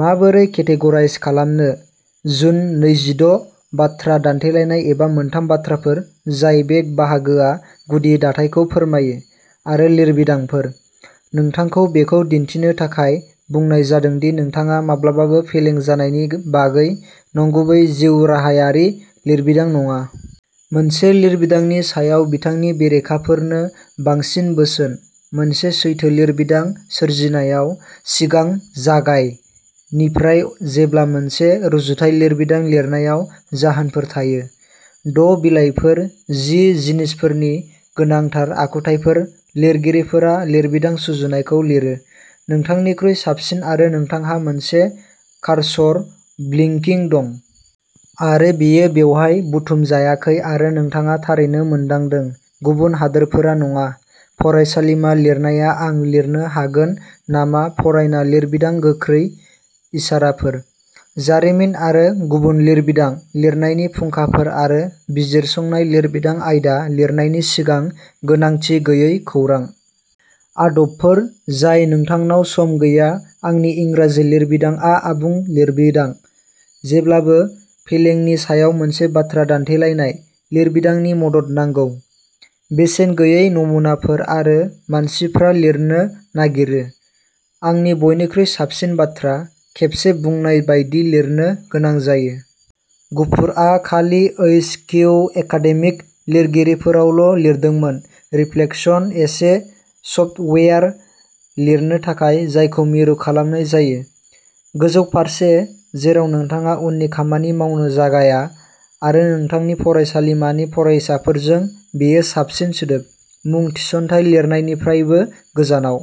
माबोरै केटेगराइज खालामनो। जुन नैजिद' बाथ्रा दान्थेलायनाय एबा मोनथाम बाथ्राफोर जाय बे बाहागोआ गुदि दाथायखौ फोरमायो, आरो लिरबिदांफोर। नोंथांखौ बेखौ दिन्थिनो थाखाय बुंनाय जादों दि नोंथाङा माब्लाबाबो फेलें जानायनि बागै नंगुबै जिउराहायारि लिरबिदां नङा। मोनसे लिरबिदांनि सायाव बिथांनि बेरेखाफोरनो बांसिन बोसोन। मोनसे सैथो लिरबिदां सोरजिनायाव सिगां जागाय, निफ्राय जेब्ला मोनसे रुजुथाय लिरबिदां लिरनायाव जाहोनफोर थायो। द' बिलाइफोर जि जिनिसफोरनि गोनांथार आखुथायफोर लिरगिरिफोरा लिरबिदां सुजुनायखौ लिरो। नोंथांनिख्रुइ साबसिन आरो नोंथांहा मोनसे कार्सर ब्लिंकिं दं। आरो बेयो बेवहाय बुथुमजायाखै आरो नोंथाङा थारैनो मोनदांदों, गुबुन हादोरफोरा नङा। फरायसालिमा लिरनाया आं लिरनो हागोन नामा फरायना लिरबिदां गोख्रै इसाराफोर। जारिमिन आरो गुबुन लिरबिदां लिरनायनि फुंखाफोर आरो बिजिरसंनाय लिरबिदां आयदा लिरनायनि सिगां गोनांथि गैयै खौरां। आदबफोर जाय नोंथांनाव सम गैया आंनि इंराजि लिरबिदांआ आबुं लिरबिदां। जेब्लाबो फेलेंनि सायाव मोनसे बाथ्रा दान्थेलायनाय लिरबिदांनि मदद नांगौ। बेसेन गैयै नमुनाफोर आरो मानसिफ्रा लिरनो नागिरो। आंनि बयनिख्रुइ साबसिन बाथ्रा। खेबसे बुंनाय बायदि लिरनो गोनां जायो। गुफुरआ खालि ओइस किउ एकाडेमिक लिरगिरिफोरावल' लिरदोंमोन रिफ्लेक्शन एसे सफ्टवेयार लिरनो थाखाय जायखौ मिरु खालामनाय जायो। गोजौ फारसे, जेराव नोंथाङा उननि खामानि मावनो जागाया? आरो नोंथांनि फरायसालिमानि फरायसाफोरजों बेयो साबसिन सोदोब, मुं थिसनथाय लिरनायनिफ्रायबो गोजानाव।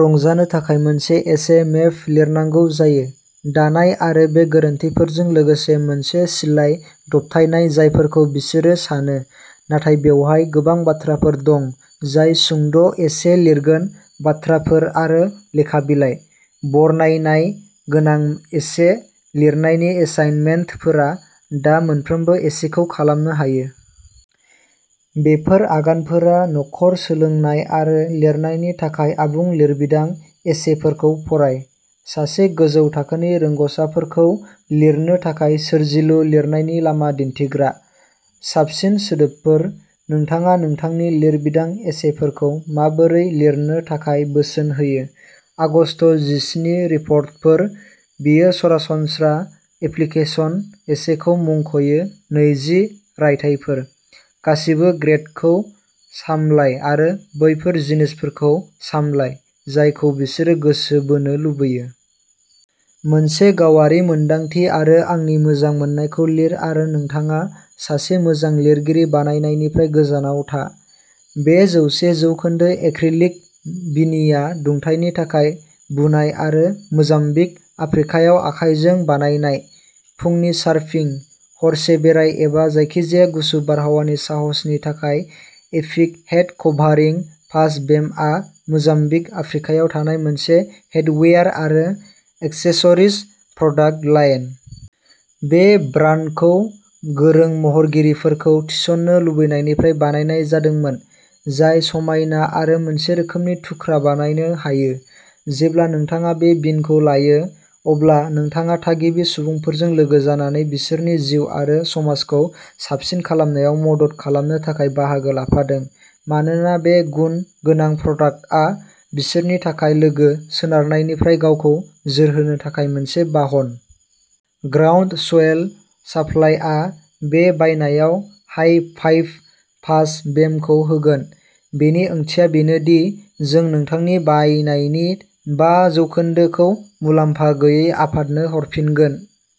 रंजानो थाखाय मोनसे एसे मेप लिरनांगौ जायो। दानाय आरो बे गोरोन्थिफोरजों लोगोसे मोनसे सिलाइ दबथायनाय जायफोरखौ बिसोरो सानो नाथाय बेवहाय गोबां बाथ्राफोर दं जाय सुंद' एसे लिरगोन बाथ्राफोर आरो लेखा बिलाइ। बरनायनाय गोनां एसे लिरनायनि एसाइनमेन्टफोरा दा मोनफ्रोमबो एसेखौ खालामनो हायो। बेफोर आगानफोरा न'खर सोलोंनाय आरो लिरनायनि थाखाय आबुं लिरबिदां एसेफोरखौ फराय। सासे गोजौ थाखोनि रोंग'सारफोरखौ लिरनो थाखाय सोरजिलु लिरनायनि लामा दिन्थिग्रा। साबसिन सोदोबफोर, नोंथाङा नोंथांनि लिरबिदां एसेफोरखौ माबोरै लिरनो थाखाय बोसोन होयो। आगस्त जिस्नि रिपर्टफोर, बेयो सरासनस्रा एप्लिकेसन एसेखौ मुंख'यो नैजि रायथाइफोर, गासिबो ग्रेडखौ सामलाय आरो बैफोर जिनिसफोरखौ सामलाय जायखौ बिसोरो गोसो बोनो लुबैयो? मोनसे गावारि मोन्दांथि आरो आंनि मोजां मोननायखौ लिर आरो नोंथाङा सासे मोजां लिरगिरि बानायनायनिफ्राय गोजानाव था। बे जौसे जौखोन्दो एक्रिलिक बिनिया दुंथायनि थाखाय बुनाय आरो मोजाम्बिक, आफ्रिकायाव आखाइजों बानायनाय। फुंनि सार्फिं, हरसे बेराय एबा जायखिजाया गुसु बारहावानि साहसनि थाखाय एपिक हेड कभारिं फाज बेमआ मोजाम्बिक आफ्रिकायाव थानाय मोनसे हेडवेयार आरो एक्सेसरिज प्रडाक्ट लाइन। बे ब्रान्डखौ गोरों महरगिरिफोरखौ थिसन्नो लुबैनायनिफ्राय बानायनाय जादोंमोन, जाय समायना आरो मोनसे रोखोमनि थुख्रा बानायनो हायो। जेब्ला नोंथाङा बे बिनखौ बायो, अब्ला नोंथाङा थागिबि सुबुंफोरजों लोगो जानानै बिसोरनि जिउ आरो समाजखौ साबसिन खालामनायाव मदद खालामनो थाखाय बाहागो लाफादों मानोना बे गुन गोनां प्रडाक्टआ बिसोरनि थाखाय लोगो सोनारनायनिफ्राय गावखौ जोरहोनो थाखाय मोनसे बाहन। ग्राउन्डस्वेल साप्लायआ बे बायनायाव हाइ फाइभ फाज बेमखौ होगोन, बेनि ओंथिया बेनो दि जों नोंथांनि बायनायनि बा जौखोन्दोखौ मुलाम्फा गैयै आफादनो हरफिनगोन।